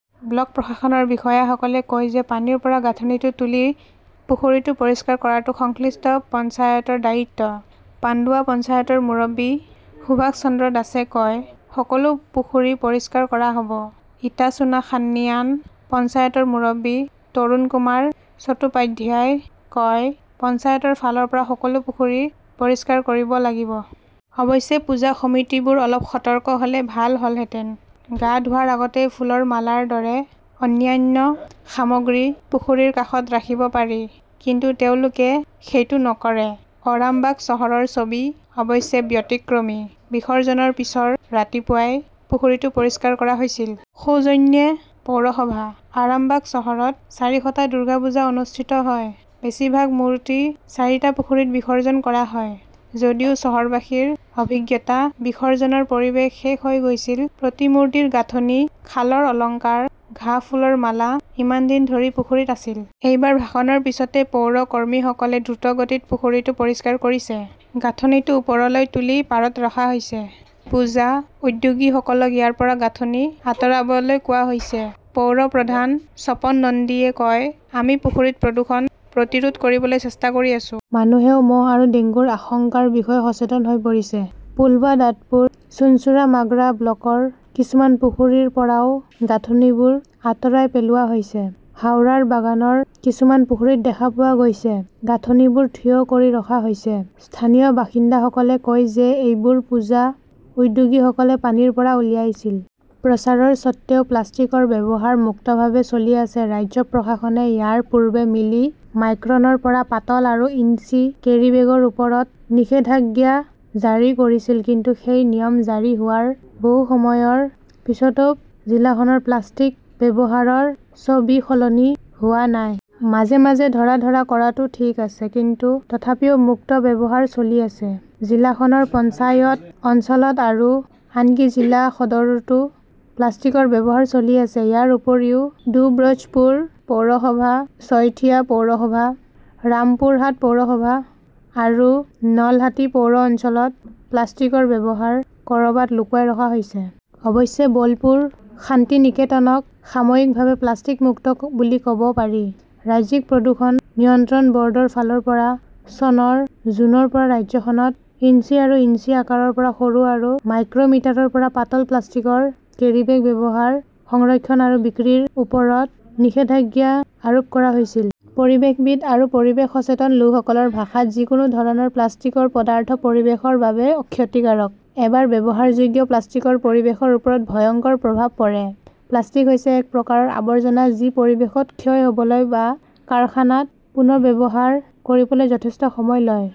Block প্ৰশাসনৰ বিষয়াসকলে কয় যে পানীৰ পৰা গাঁথনিটো তুলি পুখুৰীটো পৰিষ্কাৰ কৰাটো সংশ্লিষ্ট পঞ্চায়তৰ দায়িত্ব। পাণ্ডুৱা পঞ্চায়তৰ মুৰব্বী সুভাষ চন্দ্ৰ দাসে কয়, সকলো পুখুৰী পৰিষ্কাৰ কৰা হ'ব। ইটাচুনা-খান্নিয়ান পঞ্চায়তৰ মুৰব্বী তৰুণকুমাৰ চট্টোপাধ্যায়ই কয়, পঞ্চায়তৰ ফালৰ পৰা সকলো পুখুৰী পৰিষ্কাৰ কৰিব লাগিব। অৱশ্যে, পূজা সমিতিবোৰ অলপ সতৰ্ক হ'লে ভাল হ'লহেঁতেন। গা ধোৱাৰ আগতে ফুলৰ মালাৰ দৰে অন্যান্য সামগ্ৰী পুখুৰীৰ কাষত ৰাখিব পাৰি। কিন্তু তেওঁলোকে সেইটো নকৰে। অৰামবাগ চহৰৰ ছবি অৱশ্যে ব্যতিক্ৰমী। বিসৰ্জনৰ পিছৰ ৰাতিপুৱাই পুখুৰীটো পৰিষ্কাৰ কৰা হৈছিল। সৌজন্যে পৌৰসভা। আৰামবাগ চহৰত চাৰিশটা দুৰ্গা পূজা অনুষ্ঠিত হয়। বেছিভাগ মূৰ্তি চাৰিটা পুখুৰীত বিসৰ্জন কৰা হয়। যদিও চহৰবাসীৰ অভিজ্ঞতা, বিসৰ্জনৰ পৰিৱেশ শেষ হৈ গৈছিল, প্ৰতিমূৰ্তিৰ গাঁথনি, শালৰ অলংকাৰ, ঘাঁহ, ফুলৰ মালা ইমান দিন ধৰি পুখুৰীত আছিল। এইবাৰ ভাসনৰ পিছতে পৌৰ কৰ্মীসকলে দ্ৰুতগতিত পুখুৰীটো পৰিষ্কাৰ কৰিছে। গাঁথনিটো ওপৰলৈ তুলি পাৰত ৰখা হৈছে। পূজা উদ্যোগীসকলক ইয়াৰ পৰা গাঁথনি আতৰাবলৈ কোৱা হৈছে। পৌৰ প্ৰধান স্বপন নন্দীয়ে কয়, আমি পুখুৰীত প্ৰদূষণ প্ৰতিৰোধ কৰিবলৈ চেষ্টা কৰি আছো। মানুহেও মহ আৰু ডেংগুৰ আশংকাৰ বিষয়ে সচেতন হৈ পৰিছে। পোলবা-দাদপুৰ, চুঞ্চুৰা-মাগ্ৰা ব্লকৰ কিছুমান পুখুৰীৰ পৰাও গাঁথনিবোৰ আঁতৰাই পেলোৱা হৈছে। হাওৰাৰ বাগানৰ কিছুমান পুখুৰীত দেখা পোৱা গৈছে, গাঁথনিবোৰ থিয় কৰি ৰখা হৈছে। স্থানীয় বাসিন্দাসকলে কয় যে এইবোৰ পূজা উদ্যোগীসকলে পানীৰ পৰা উলিয়াইছিল। প্ৰচাৰৰ স্বত্বেও, প্লাষ্টিকৰ ব্যৱহাৰ মুক্তভাৱে চলি আছে ৰাজ্য প্ৰশাসনে ইয়াৰ পূৰ্বে মিলি মাইক্ৰনৰ পৰা পাতল আৰু ইঞ্চি কেৰিব্যাগৰ ওপৰত নিষেধাজ্ঞা জাৰি কৰিছিল। কিন্তু সেই নিয়ম জাৰি হোৱাৰ বহু সময়ৰ পিছতোব জিলাখনৰ প্লাষ্টিক ব্যৱহাৰৰ ছবি সলনি হোৱা নাই। মাজে মাজে ধৰা-ধৰা কৰাটো ঠিক আছে কিন্তু তথাপিও মুক্ত ব্যৱহাৰ চলি আছে। জিলাখনৰ পঞ্চায়ত অঞ্চলত আৰু আনকি জিলা সদৰতো প্লাষ্টিকৰ ব্যৱহাৰ চলি আছে। ইয়াৰ উপৰিও দুব্ৰজপুৰ পৌৰসভা, চৈথিয়া পৌৰসভা, ৰামপুৰহাট পৌৰসভা আৰু নলহাটি পৌৰ অঞ্চলত প্লাষ্টিকৰ ব্যৱহাৰ কৰবাত লুকুৱাই ৰখা হৈছে। অৱশ্যে, বলপুৰ শান্তিনিকেতনক সাময়িকভাৱে প্লাষ্টিক-মুক্ত বুলি কব পাৰি। ৰাজ্যিক প্ৰদূষণ নিয়ন্ত্ৰণ বৰ্ডৰ ফালৰ পৰা, চনৰ জুনৰ পৰা ৰাজ্যখনত ইঞ্চি আৰু ইঞ্চি আকাৰৰ পৰা সৰু আৰু মাইক্ৰ'মিটাৰৰ পৰা পাতল প্লাষ্টিকৰ কেৰিব্যাগ ব্যৱহাৰ, সংৰক্ষণ আৰু বিক্ৰীৰ ওপৰত নিষেধাজ্ঞা আৰোপ কৰা হৈছিল। পৰিৱেশবিদ আৰু পৰিৱেশ সচেতন লোকসকলৰ ভাষাত, যিকোনো ধৰণৰ প্লাষ্টিকৰ পদাৰ্থ পৰিৱেশৰ বাবে ক্ষতিকাৰক। এবাৰ ব্যৱহাৰযোগ্য প্লাষ্টিকৰ পৰিৱেশৰ ওপৰত ভয়ংকৰ প্ৰভাৱ পৰে। প্লাষ্টিক হৈছে এক প্ৰকাৰৰ আৱৰ্জনা যি পৰিৱেশত ক্ষয় হ 'বলৈ বা কাৰখানাত পুনৰ্ব্যৱহাৰ কৰিবলৈ যথেষ্ট সময় লয়।